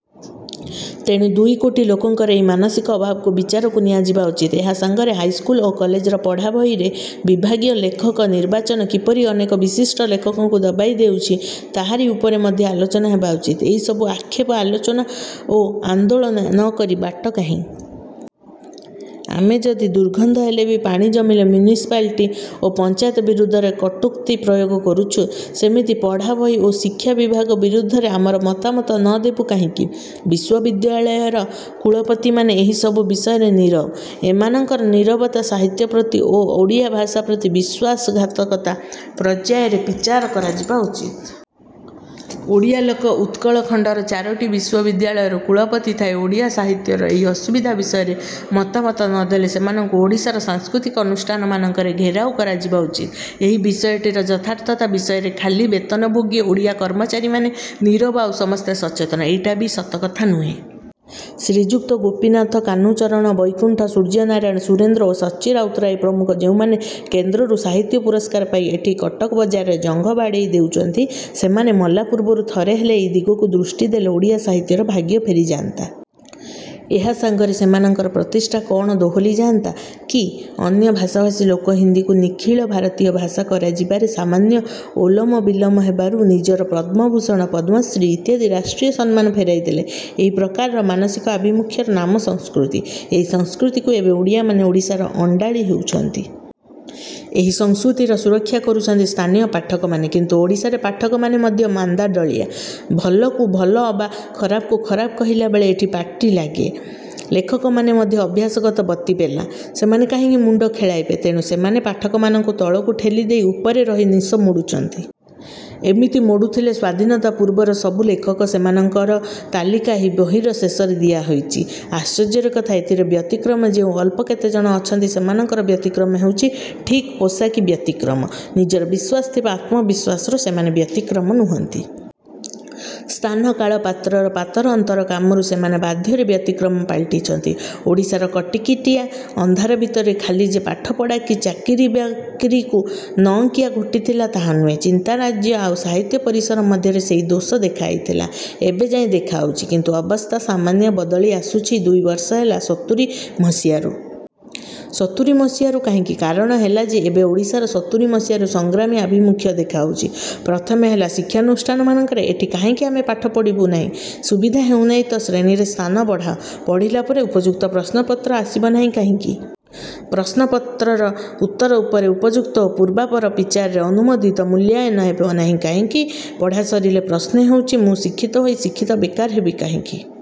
ତେଣୁ ଦୁଇ କୋଟି ଲୋକଙ୍କର ଏଇ ମାନସିକ ଅଭାବକୁ ବିଚାରକୁ ନିଆଯିବା ଉଚିତ। ଏହା ସାଙ୍ଗରେ ହାଇସ୍କୁଲ ଓ କଲେଜର ପଢ଼ାବହିରେ ବିଭାଗୀୟ ଲେଖକ ନିର୍ବାଚନ କିପରି ଅନେକ ବିଶିଷ୍ଟ ଲେଖକଙ୍କୁ ଦବାଇଦେଉଛି, ତାହାରି ଉପରେ ମଧ୍ୟ ଆଲୋଚନା ହେବା ଉଚିତ। ଏଇସବୁ ଆକ୍ଷେପ, ଆଲୋଚନା ଓ ଆନ୍ଦୋଳନ ନ କରି ବାଟ କାହିଁ? ଆମେ ଯଦି ଦୁର୍ଗନ୍ଧ ହେଲେ ବି ପାଣି ଜମିଲେ ମ୍ୟୁନିସିପାଲିଟି ଓ ପଞ୍ଚାୟତ ବିରୁଦ୍ଧରେ କଟୁକ୍ତି ପ୍ରୟୋଗ କରୁଛୁ, ସେମିତି ପଢ଼ାବହି ଓ ଶିକ୍ଷା ବିଭାଗ ବିରୁଦ୍ଧରେ ଆମର ମତାମତ ନ ଦେବୁ କାହିଁକି? ବିଶ୍ୱବିଦ୍ୟାଳୟର କୁଳପତିମାନେ ଏହିସବୁ ବିଷୟରେ ନୀରବ। ଏମାନଙ୍କର ନୀରବତା ସାହିତ୍ୟ ପ୍ରତି ଓ ଓଡ଼ିଆ ଭାଷା ପ୍ରତି ବିଶ୍ୱାସଘାତକତା ପର୍ଯ୍ୟାୟରେ ବିଚାର କରାଯିବା ଉଚିତ। ଓଡ଼ିଆ ଲୋକ ଉତ୍କଳଖଣ୍ଡର ଚାରୋଟି ବିଶ୍ୱବିଦ୍ୟାଳୟର କୁଳପତି ଥାଇ ଓଡ଼ିଆ ସାହିତ୍ୟର ଏହି ଅସୁବିଧା ବିଷୟରେ ମତାମତ ନ ଦେଲେ ସେମାନଙ୍କୁ ଓଡ଼ିଶାର ସାଂସ୍କୃତିକ ଅନୁଷ୍ଠାନମାନଙ୍କରେ ଘେରାଉ କରାଯିବା ଉଚିତ। ଏହି ବିଷୟଟିର ଯଥାର୍ଥତା ବିଷୟରେ ଖାଲି ବେତନଭୋଗୀ ଓଡ଼ିଆ କର୍ମଚାରୀମାନେ ନୀରବ ଆଉ ସମସ୍ତେ ସଚେତନ, ଏଇଟା ବି ସତ କଥା ନୁହେଁ। ଶ୍ରୀଯୁକ୍ତ ଗୋପୀନାଥ, କାହ୍ନୁଚରଣ, ବୈକୁଣ୍ଠ, ସୂର୍ଯ୍ୟନାରାୟଣ, ସୁରେନ୍ଦ୍ର ଓ ସଚ୍ଚି ରାଉତରାୟ ପ୍ରମୁଖ ଯେଉଁମାନେ କେନ୍ଦ୍ରରୁ ସାହିତ୍ୟ ପୁରସ୍କାର ପାଇ ଏଠି କଟକ ବଜାରରେ ଜଙ୍ଘ ବାଡ଼େଇ ହେଉଛନ୍ତି, ସେମାନେ ମଲା ପୂର୍ବରୁ ଥରେ ହେଲେ ଏହି ଦିଗକୁ ଦୃଷ୍ଟି ଦେଲେ ଓଡ଼ିଆ ସାହିତ୍ୟର ଭାଗ୍ୟ ଫେରିଯାନ୍ତା। ଏହା ସାଙ୍ଗରେ ସେମାନଙ୍କର ପ୍ରତିଷ୍ଠା କ'ଣ ଦୋହଲି ଯାଆନ୍ତା କି?ଅନ୍ୟ ଭାଷାଭାଷୀ ଲୋକ ହିନ୍ଦୀକୁ ନିଖିଳ ଭାରତୀୟ ଭାଷା କରାଯିବାରେ ସାମାନ୍ୟ ଓଲମବିଲମ ହେବାରୁ ନିଜର ପଦ୍ମଭୂଷଣ, ପଦ୍ମଶ୍ରୀ ଇତ୍ୟାଦି ରାଷ୍ଟ୍ରୀୟ ସମ୍ମାନ ଫେରାଇଦେଲେ। ଏହି ପ୍ରକାରର ମାନସିକ ଆଭିମୁଖ୍ୟର ନାମ ସଂସ୍କୃତି। ଏଇ ସଂସ୍କୃତିକୁ ଏବେ ଓଡ଼ିଆମାନେ ଓଡ଼ିଶାରେ ଅଣ୍ଡାଳି ହେଉଛନ୍ତି। ଏହି ସଂସ୍କୃତିର ସୁରକ୍ଷା କରୁଛନ୍ତି ସ୍ଥାନୀୟ ପାଠକମାନେ; କିନ୍ତୁ ଓଡ଼ିଶାରେ ପାଠକମାନେ ମଧ୍ୟ ମାନ୍ଦାଦଳିଆ, ଭଲକୁ ଭଲ ଅବା ଖରାପକୁ ଖରାପ କହିଲା ବେଳେ ଏଠି ପାଟି ଲାଗେ। ଲେଖକମାନେ ମଧ୍ୟ ଅଭ୍ୟାସଗତ ବତିପେଲା, ସେମାନେ କାହିଁକି ମୁଣ୍ଡ ଖେଳାଇବେ? ତେଣୁ ସେମାନେ ପାଠକମାନଙ୍କୁ ତଳକୁ ଠେଲିଦେଇ ଉପରେ ରହି ନିଶ ମୋଡୁଛନ୍ତି। ଏମିତି ମୋଡୁଥିଲେ ସ୍ୱାଧୀନତା ପୂର୍ବର ସବୁ ଲେଖକ, ସେମାନଙ୍କର ତାଲିକା ଏହି ବହିର ଶେଷରେ ଦିଆହୋଇଛି। ଆଶ୍ଚର୍ଯ୍ୟର କଥା, ଏଥିରେ ବ୍ୟତିକ୍ରମ ଯେଉଁ ଅଳ୍ପ କେତେଜଣ ଅଛନ୍ତି ସେମାନଙ୍କର ବ୍ୟତିକ୍ରମ ହେଉଛି ଠିକ୍ ପୋଷାକୀ ବ୍ୟତିକ୍ରମ। ନିଜର ବିଶ୍ୱାସ ଅବା ଆତ୍ମବିଶ୍ୱାସରୁ ସେମାନେ ବ୍ୟତିକ୍ରମ ନୁହନ୍ତି। ସ୍ଥାନ, କାଳ, ପାତ୍ରର ପାତରଅନ୍ତର କାମରୁ ସେମାନେ ବାଧ୍ୟରେ ବ୍ୟତିକ୍ରମ ପାଲଟିଛନ୍ତି। ଓଡ଼ିଶାର କିଟିକିଟିଆ ଅନ୍ଧାର ଭିତରେ ଖାଲି ଯେ ପାଠପଢ଼ା କି ଚାକିରିବାକିରିକୁ ନଅଙ୍କିଆ ଘୋଟିଥିଲା ତାହା ନୁହେଁ, ଚିନ୍ତାରାଜ୍ୟ ଆଉ ସାହିତ୍ୟ ପରିସର ମଧ୍ୟରେ ସେହି ଦୋଷ ଦେଖାଦେଇଥିଲା। ଏବେ ଯାଏ ଦେଖାଦେଉଛି; କିନ୍ତୁ ଅବସ୍ଥା ସାମାନ୍ୟ ବଦଳିଆସୁଛି ଦୁଇ ବର୍ଷ ହେଲା, ସତୁରି ମସିହାରୁ। ସତୁରି ମସିହାରୁ କାହିଁକି? କାରଣ ହେଲା ଯେ ଏବେ ଓଡ଼ିଶାରେ ସତୁରି ମସିହାରୁ ସଂଗ୍ରାମୀ ଆଭିମୁଖ୍ୟ ଦେଖାଦେଉଛି। ପ୍ରଥମେ ହେଲା ଶିକ୍ଷାନୁଷ୍ଠାନମାନଙ୍କରେ। ଏଠି କାହିଁକି ଆମେ ପାଠ ପଢ଼ିବୁ ନାହିଁ? ସୁବିଧା ହେଉନାହିଁ ତ ଶ୍ରେଣୀରେ ସ୍ଥାନ ବଢ଼ାଅ। ପଢ଼ିଲା ପରେ ଉପଯୁକ୍ତ ପ୍ରଶ୍ନପତ୍ର ଆସିବ ନାହିଁ କାହିଁକି? ପ୍ରଶ୍ନପତ୍ରର ଉତ୍ତର ଉପରେ ଉପଯୁକ୍ତ ଓ ପୂର୍ବାପର ବିଚାରର ଅନୁମୋଦିତ ମୂଲ୍ୟାୟନ ହେବ ନାହିଁ କାହିଁକି? ପଢ଼ା ସରିଲେ ପ୍ରଶ୍ନ ହେଉଛି, ମୁଁ ଶିକ୍ଷିତ ହୋଇ ଶିକ୍ଷିତ ବେକାର ହେବି କାହିଁକି?